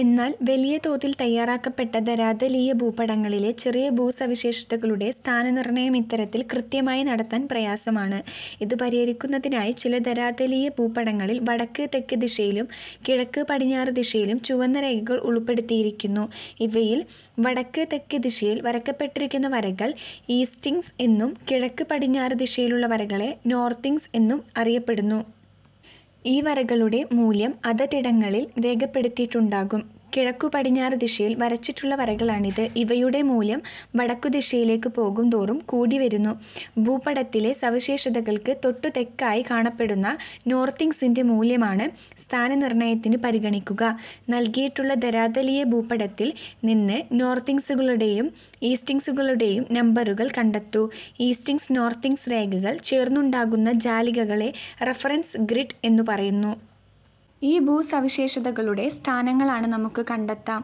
എന്നാൽ വലിയതോതിൽ തയാറാക്കപ്പെട്ട ധരാതലീയ ഭൂപടങ്ങളിലെ ചെറിയ ഭൂസവിശേഷതകളുടെ സ്ഥാനനിർണയം ഇത്തരത്തിൽ കൃത്യമായി നടത്താൻ പ്രയാസമാണ്. ഇത് പരിഹരിക്കുന്നതിനായി ചില ധരാതലീയ ഭൂപടങ്ങളിൽ വടക്ക്-തെക്ക് ദിശയിലും കിഴക്ക് പടിഞ്ഞാറ് ദിശയിലും ചുവന്ന രേഖകൾ ഉൾപ്പെടുത്തിയിരിക്കുന്നു. ഇവയിൽ വടക്ക്-തെക്ക് ദിശയിൽ വരയ്ക്കപ്പെട്ടിരിക്കുന്ന വരകൾ ഈസ്റ്റിങ്സ് എന്നും കിഴക്ക്-പടിഞ്ഞാറ് ദിശയിലുള്ള വരകളെ നോർത്തിങ്സ് എന്നും അറിയപ്പെടുന്നു. ഈ വരകളുടെ മൂല്യം അതതിടങ്ങളിൽ രേഖപ്പെടുത്തിയിട്ടുണ്ടാകും. കിഴക്കുപടിഞ്ഞാറ് ദിശയിൽ വരച്ചിട്ടുള്ള വരകളാണിത്. ഇവയുടെ മൂല്യം വടക്കുദിശയിലേക്കു പോകും തോറും കൂടിവരുന്നു. ഭൂപടത്തിലെ സവിശേഷതകൾക്ക് തൊട്ടു തെക്കായി കാണപ്പെടുന്ന നോർത്തിങ്സിന്റെ മൂല്യമാണ് സ്ഥാനനിർണയത്തിന് പരിഗണിക്കുക. നൽകിയിട്ടുള്ള ധരാതലീയ ഭൂപടത്തിൽ നിന്ന് നോർത്തിങ്സുകളുടെയും ഈസ്റ്റിങ്സുകളുടെയും നമ്പറുകൾ കണ്ടെത്തൂ. ഈസ്റ്റിങ്സ് നോർത്തിങ്സ് രേഖകൾ ചേർന്നുണ്ടാകുന്ന ജാലികകളെ റഫറൻസ് ഗ്രിഡ് എന്നു പറയുന്നു. ഈ ഭൂസവിശേഷതകളുടെ സ്ഥാനങ്ങളാണ് നമുക്ക് കണ്ടെത്താം.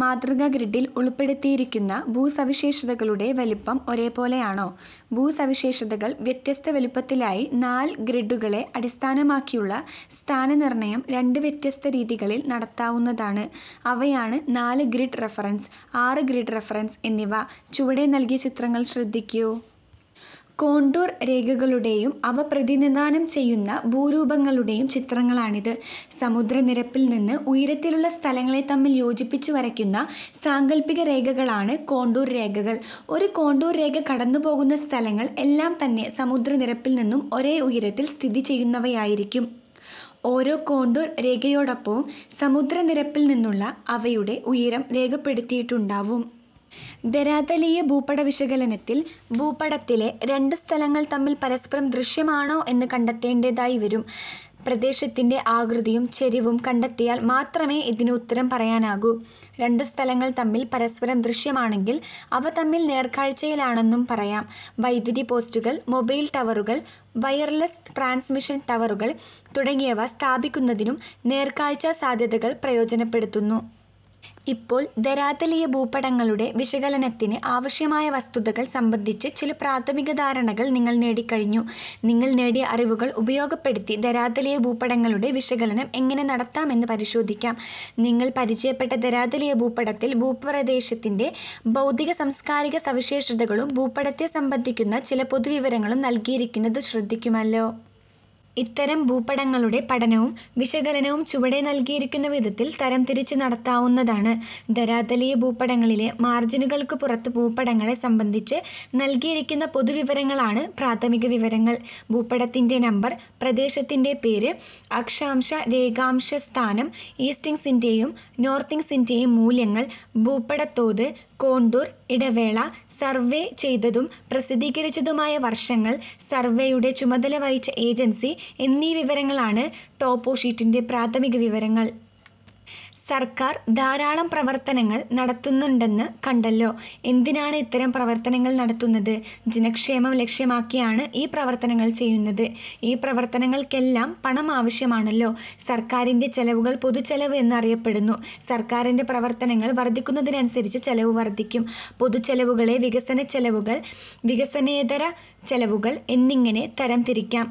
മാതൃകാ ഗ്രിഡിൽ ഉൾപ്പെടുത്തിയിരിക്കുന്ന ഭൂസവിശേഷതകളുടെ വലുപ്പം ഒരേപോലെയാണോ? ഭൂസവിശേഷതകൾ വ്യത്യസ്ത വലുപ്പത്തിലായതി നാൽ ഗ്രിഡുകളെ അടിസ്ഥാനമാക്കിയുള്ള സ്ഥാനനിർണയം രണ്ട് വ്യത്യസ്ത രീതികളിൽ നടത്താവുന്നതാണ്. അവയാണ് നാല് ഗ്രിഡ് റഫറൻസ്, ആറ് ഗ്രിഡ് റഫറൻസ് എന്നിവ. ചുവടെ നൽകിയ ചിത്രങ്ങൾ ശ്രദ്ധിക്കൂ. കോണ്ടൂർ രേഖകളുടെയും അവ പ്രതിനിധാനം ചെയ്യുന്ന ഭൂരൂപങ്ങളുടെയും ചിത്രങ്ങളാണിത്. സമുദ്രനിരപ്പിൽനിന്ന് ഒരേ ഉയരത്തിലുള്ള സ്ഥലങ്ങളെ തമ്മിൽ യോജിപ്പിച്ചുവരയ്ക്കുന്ന സാങ്കൽപ്പികരേഖകളാണ് കോണ്ടൂർ രേഖകൾ. ഒരു കോണ്ടൂർരേഖ കടന്നുപോകുന്ന സ്ഥലങ്ങൾ എല്ലാം തന്നെ സമുദ്രനിരപ്പിൽ നിന്നും ഒരേ ഉയരത്തിൽ സ്ഥിതി ചെയ്യുന്നവയായിരിക്കും. ഓരോ കോണ്ടൂർ രേഖയോടൊപ്പവും സമുദ്ര നിരപ്പിൽനിന്നുള്ള അവയുടെ ഉയരം രേഖപ്പെടുത്തിയിട്ടുണ്ടാവും. ധരാതലീയ ഭൂപടവിശകലനത്തിൽ ഭൂപടത്തിലെ രണ്ടു സ്ഥലങ്ങൾ തമ്മിൽ പരസ്പരം ദൃശ്യമാണോ എന്നു കണ്ടെത്തേണ്ടതായി വരും. പ്രദേശത്തിന്റെ ആകൃതിയും ചരിവും കണ്ടെത്തിയാൽ മാത്രമേ ഇതിന് ഉത്തരം പറയാനാകൂ. രണ്ടു സ്ഥലങ്ങൾ തമ്മിൽ പരസ്പരം ദൃശ്യമാണെങ്കിൽ അവ തമ്മിൽ നേർക്കാഴ്ചയിലാണെന്നു പറയാം. വൈദ്യുതി പോസ്റ്റുകൾ, മൊബൈൽ ടവറുകൾ, വയർലെസ് ട്രാൻസ്മിഷൻ ടവറുകൾ തുടങ്ങിയവ സ്ഥാപിക്കുന്നതിനും നേർക്കാഴ്ചാസാധ്യതകൾ പ്രയോജനപ്പെടുത്തുന്നു. ഇപ്പോൾ ധരാതലീയ ഭൂപടങ്ങളുടെ വിശകലനത്തിന് ആവശ്യമായ വസ്തുതകൾ സംബന്ധിച്ച് ചില പ്രാഥമിക ധാരണകൾ നിങ്ങൾ നേടിക്കഴിഞ്ഞു. നിങ്ങൾ നേടിയ അറിവുകൾ ഉപയോഗപ്പെടുത്തി ധരാതലീയ ഭൂപടങ്ങളുടെ വിശകലനം എങ്ങനെ നടത്താം എന്ന് പരിശോധിക്കാം. നിങ്ങൾ പരിചയപ്പെട്ട ധരാതലീയ ഭൂപടത്തിൽ ഭൂപ്രദേശത്തിന്റെ ഭൗതിക-സാംസ്കാരിക സവിശേഷതകളും ഭൂപടത്തെ സംബന്ധിക്കുന്ന ചില പൊതുവിവരങ്ങളും നൽകിയിരിക്കുന്നത് ശ്രദ്ധിക്കുമല്ലോ. ഇത്തരം ഭൂപടങ്ങളുടെ പഠനവും വിശകലനവും ചുവടെ നൽകിയിരിക്കുന്ന വിധത്തിൽ തരംതിരിച്ച് നടത്താവുന്നതാണ്. ധരാതലീയ ഭൂപടങ്ങളിലെ മാർജിനുകൾക്കു പുറത്ത് ഭൂപടങ്ങളെ സംബന്ധിച്ച് നൽകിയിരിക്കുന്ന പൊതുവിവരങ്ങളാണ് പ്രാഥമികവിവരങ്ങൾ. ഭൂപടത്തിന്റെ നമ്പർ, പ്രദേശത്തിന്റെ പേര്, അക്ഷാംശ രേഖാംശസ്ഥാനം, ഈസ്റ്റിങ്സിന്റെയും നോർത്തിങ്സിന്റെയും മൂല്യങ്ങൾ, ഭൂപടതോത്, കോണ്ടൂർ ഇടവേള, സർവേ ചെയ്തതും പ്രസിദ്ധീകരിച്ചതുമായ വർഷങ്ങൾ, സർവേയുടെ ചുമതല വഹിച്ച ഏജൻസി എന്നീ വിവരങ്ങളാണ് ടോപ്പോഷീറ്റിന്റെ പ്രാഥമികവിവരങ്ങൾ. സർക്കാർ ധാരാളം പ്രവർത്തനങ്ങൾ നടത്തുന്നുണ്ടെന്നു കണ്ടല്ലോ. എന്തിനാണ് ഇത്തരം പ്രവർത്തനങ്ങൾ നടത്തുന്നത്? ജനക്ഷേമം ലക്ഷ്യമാക്കിയാണ് ഈ പ്രവർത്തനങ്ങൾ ചെയ്യുന്നത്. ഈ പ്രവർത്തനങ്ങൾക്കെല്ലാം പണം ആവശ്യമാണല്ലോ. സർക്കാരിന്റെ ചെലവുകൾ പൊതുചെലവ് എന്ന് അറിയപ്പെടുന്നു. സർക്കാരിന്റെ പ്രവർത്തനങ്ങൾ വർധിക്കുന്നതനുസരിച്ച് ചെലവും വർധിക്കും. പൊതുചെലവുകളെ വികസനച്ചെലവുകൾ, വികസനേതര ചെലവുകൾ എന്നിങ്ങനെ തരം തിരിക്കാം.